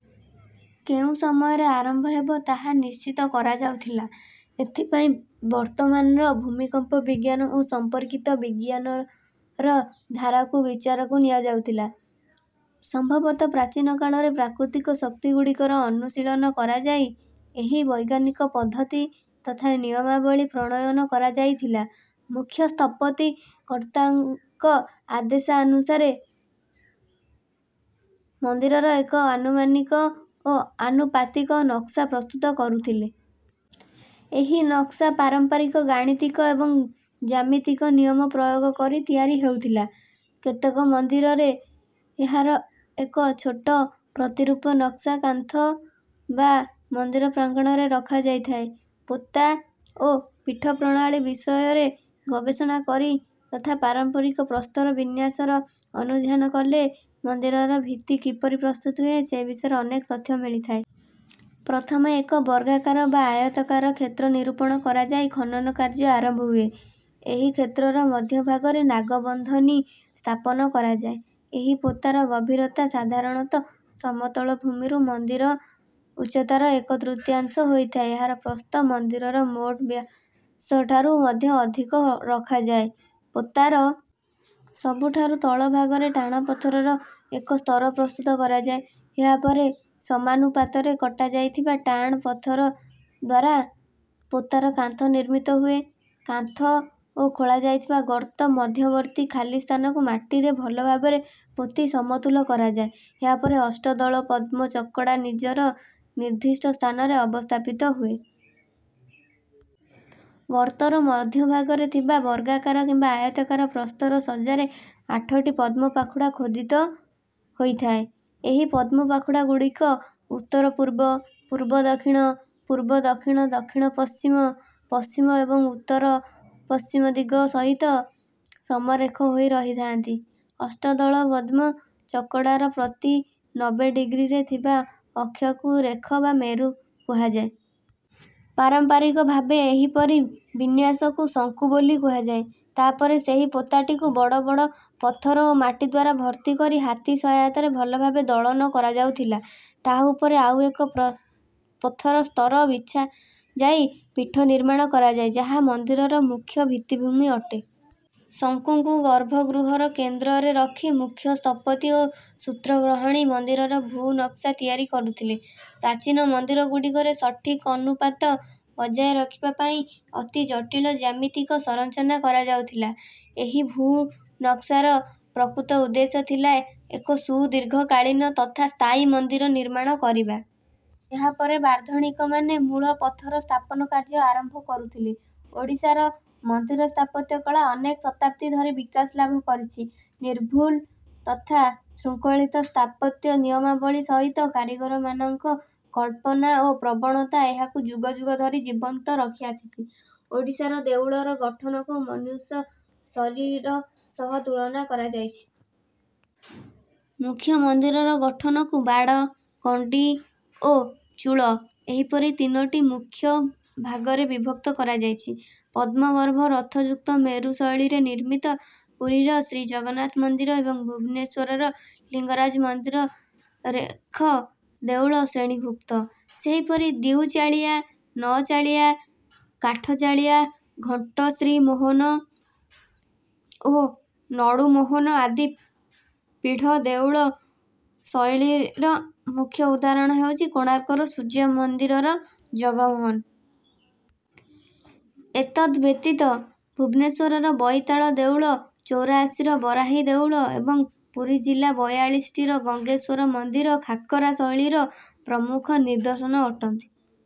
କେଉଁ ସମୟରେ ଆରମ୍ଭ ହେବ ତାହା ନିଶ୍ଚିତ କରାଯାଉଥିଲା। ଏଥିପାଇଁ ବର୍ତ୍ତମାନର ଭୂମିକମ୍ପ ବିଜ୍ଞାନ ଓ ସଂପର୍କିତ ବିଜ୍ଞାନର ଧାରାକୁ ବିଚାରକୁ ନିଆଯାଉଥିଲା। ସମ୍ଭବତଃ ପ୍ରାଚୀନ କାଳରେ ପ୍ରାକୃତିକ ଶକ୍ତିଗୁଡ଼ିକର ଅନୁଶୀଳନ କରାଯାଇ ଏହି ବୈଜ୍ଞାନିକ ପଦ୍ଧତି ତଥା ନିୟମାବଳୀ ପ୍ରଣୟନ କରାଯାଇଥିଲା। ମୁଖ୍ୟ ସ୍ଥପତି କର୍ତ୍ତାଙ୍କ ଆଦେଶାନୁସାରେ ମନ୍ଦିରର ଏକ ଆନୁମାନିକ ଓ ଆନୁପାତିକ ନକସା ପ୍ରସ୍ତୁତ କରୁଥିଲେ। ଏହି ନକସା ପାରମ୍ପରିକ ଗାଣିତିକ ଏବଂ ଜ୍ୟାମିତିକ ନିୟମ ପ୍ରୟୋଗ କରି ତିଆରି ହେଉଥିଲା। କେତେକ ମନ୍ଦିରରେ ଏହାର ଏକ ଛୋଟ ପ୍ରତିରୂପ ନକସା କାନ୍ଥ ବା ମନ୍ଦିର ପ୍ରାଙ୍ଗଣରେ ରଖାଯାଇଥାଏ। ପୋତା ଓ ପୀଠ ପ୍ରଣାଳୀ ବିଷୟରେ ଗବେଷଣା କରି ତଥା ପାରମ୍ପରିକ ପ୍ରସ୍ତର ବିନ୍ୟାସର ଅନୁଧ୍ୟାନ କଲେ ମନ୍ଦିରର ଭିତ୍ତି କିପରି ପ୍ରସ୍ତୁତ ହୁଏ ସେ ବିଷୟରେ ଅନେକ ତଥ୍ୟ ମିଳିଥାଏ। ପ୍ରଥମେ ଏକ ବର୍ଗାକାର ବା ଆୟତାକାର କ୍ଷେତ୍ର ନିରୂପଣ କରାଯାଇ ଖନନ କାର୍ଯ୍ୟ ଆରମ୍ଭ ହୁଏ। ଏହି କ୍ଷେତ୍ରର ମଧ୍ୟଭାଗରେ ନାଗବନ୍ଧନୀ ସ୍ଥାପନ କରାଯାଏ। ଏହି ପୋତାର ଗଭୀରତା ସାଧାରଣତଃ ସମତଳ ଭୂମିରୁ ମନ୍ଦିର ଉଚ୍ଚତାର ଏକ ତୃତୀୟାଂଶ ହୋଇଥାଏ। ଏହାର ପ୍ରସ୍ଥ ମନ୍ଦିରର ମୋଟ ବ୍ୟାସଠାରୁ ମଧ୍ୟ ଅଧିକ ରଖାଯାଏ। ପୋତାର ସବୁଠାରୁ ତଳ ଭାଗରେ ଟାଣ ପଥରର ଏକ ସ୍ତର ପ୍ରସ୍ତୁତ କରାଯାଏ। ଏହାପରେ ସମାନୁପାତରେ କଟାଯାଇଥିବା ଟାଣ ପଥର ଦ୍ୱାରା ପୋତାର କାନ୍ଥ ନିର୍ମିତ ହୁଏ। କାନ୍ଥ ଓ ଖୋଳାଯାଇଥିବା ଗର୍ତ୍ତ ମଧ୍ୟବର୍ତ୍ତୀ ଖାଲି ସ୍ଥାନକୁ ମାଟିରେ ଭଲଭାବେ ପୋତି ସମତୁଲ କରାଯାଏ। ଏହାପରେ ଅଷ୍ଟଦଳ ପଦ୍ମ ଚକଡ଼ା ନିଜର ନିର୍ଦ୍ଦିଷ୍ଟ ସ୍ଥାନରେ ଅବସ୍ଥାପିତ ହୁଏ। ଗର୍ତ୍ତର ମଧ୍ୟଭାଗରେ ଥିବା ବର୍ଗାକାର କିମ୍ବା ଆୟତାକାର ପ୍ରସ୍ତର ସଜ୍ଜାରେ ଆଠଟି ପଦ୍ମ ପାଖୁଡ଼ା ଖୋଦିତ ହୋଇଥାଏ। ଏହି ପାଖୁଡ଼ାଗୁଡ଼ିକ ଉତ୍ତର ଉତ୍ତରପୂର୍ବ ପୂର୍ବ ଦକ୍ଷିଣ ପୂର୍ବ ଦକ୍ଷିଣ ଦକ୍ଷିଣ ପଶ୍ଚିମ ପଶ୍ଚିମ ଏବଂ ଉତ୍ତର ପଶ୍ଚିମ ଦିଗ ସହିତ ସମରେଖ ହୋଇ ରହିଥାନ୍ତି। ଅଷ୍ଟଦଳ ପଦ୍ମ ଚକଡ଼ାର ପ୍ରତି ନବେ ଡିଗ୍ରୀରେ ଥିବା ଅକ୍ଷକୁ ରେଖ ବା ମେରୁ କୁହାଯାଏ। ପାରମ୍ପରିକ ଭାବେ ଏହିପରି ବିନ୍ୟାସକୁ ଶଙ୍କୁ ବୋଲି କୁହାଯାଏ। ତାପରେ ସେହି ପୋତାଟିକୁ ବଡ଼ ବଡ଼ ପଥର ଓ ମାଟି ଦ୍ୱାରା ଭର୍ତ୍ତି କରି ହାତୀ ସହାୟତାରେ ଭଲଭାବେ ଦଳନ କରାଯାଉଥିଲା। ତାହା ଉପରେ ଆଉ ଏକ ପଥର ସ୍ତର ବିଛାଯାଇ ପୀଠ ନିର୍ମାଣ କରାଯାଏ ଯାହା ମନ୍ଦିରର ମୁଖ୍ୟ ଭିତ୍ତିଭୂମି ଅଟେ। ଶଙ୍କୁକୁ ଗର୍ଭଗୃହର କେନ୍ଦ୍ରରେ ରଖି ମୁଖ୍ୟ ସ୍ଥପତି ଓ ସୂତ୍ରଗ୍ରହଣୀ ମନ୍ଦିରର ଭୂ ନକସା ତିଆରି କରୁଥିଲେ। ପ୍ରାଚୀନ ମନ୍ଦିରଗୁଡ଼ିକରେ ସଠିକ୍ ଅନୁପାତ ବଜାୟ ରଖିବା ପାଇଁ ଅତି ଜଟିଳ ଜ୍ୟାମିତିକ ସଂରଚନା କରାଯାଉଥିଲା। ଏହି ଭୂ ନକସାର ପ୍ରକୃତ ଉଦ୍ଦେଶ୍ୟ ଥିଲା ଏକ ସୁଦୀର୍ଘକାଳୀନ ତଥା ସ୍ଥାୟୀ ମନ୍ଦିର ନିର୍ମାଣ କରିବା। ଏହାପରେ ବାର୍ଦ୍ଧଣିକମାନେ ମୂଳ ପଥର ସ୍ଥାପନ କାର୍ଯ୍ୟ ଆରମ୍ଭ କରୁଥିଲେ। ଓଡ଼ିଶାର ମନ୍ଦିର ସ୍ଥାପତ୍ୟ କଳା ଅନେକ ଶତାବ୍ଦୀ ଧରି ବିକାଶ ଲାଭ କରିଛି। ନିର୍ଭୁଲ ତଥା ଶୃଙ୍ଖଳିତ ସ୍ଥାପତ୍ୟ ନିୟମାବଳୀ ସହିତ କାରିଗରମାନଙ୍କ କଳ୍ପନା ପ୍ରବଣତା ଏହାକୁ ଯୁଗ ଯୁଗ ଧରି ଜୀବନ୍ତ ରଖିଆସିଛି। ଓଡ଼ିଶାର ଦେଉଳର ଗଠନକୁ ମନୁଷ୍ୟ ଶରୀର ସହ ତୁଳନା କରାଯାଇଛି। ମୁଖ୍ୟ ମନ୍ଦିରର ଗଠନକୁ ବାଡ଼ ଗଣ୍ଡି ଓ ଚୁଳ ଏହିପରି ତିନୋଟି ମୁଖ୍ୟ ଭାଗରେ ବିଭକ୍ତ କରାଯାଇଛି। ପଦ୍ମଗର୍ଭ ରଥଯୁକ୍ତ ମେରୁ ଶୈଳୀରେ ନିର୍ମିତ ପୁରୀର ଶ୍ରୀଜଗନ୍ନାଥ ମନ୍ଦିର ଏବଂ ଭୁବନେଶ୍ୱରର ଲିଙ୍ଗରାଜ ମନ୍ଦିର ରେଖ ଦେଉଳ ଶ୍ରେଣୀଭୁକ୍ତ। ସେହିପରି ଦ୍ୱିଚାଳିଆ ନଅଚାଳିଆ କାଠଚାଳିଆ ଘଣ୍ଟଶ୍ରୀମୋହନ ଓ ନଡ଼ୁମୋହନ ଆଦି ପୀଢ଼ ଦେଉଳ ଶୈଳୀର ପ୍ରମୁଖ ଉଦାହରଣ ହେଉଛି କୋଣାର୍କର ସୂର୍ଯ୍ୟ ମନ୍ଦିରର ଜଗମୋହନ। ଏତଦ୍ ବ୍ୟତୀତ ଭୁବନେଶ୍ୱରର ବଇତାଳ ଦେଉଳ ଚଉରାଶିର ବରାହୀ ଦେଉଳ ଏବଂ ପୁରୀ ଜିଲ୍ଲା ବୟାଳିଶବାଟିର ଗଙ୍ଗେଶ୍ୱରୀ ମନ୍ଦିର ଖାକରା ଶୈଳୀର ପ୍ରମୁଖ ନିଦର୍ଶନ ଅଟନ୍ତି।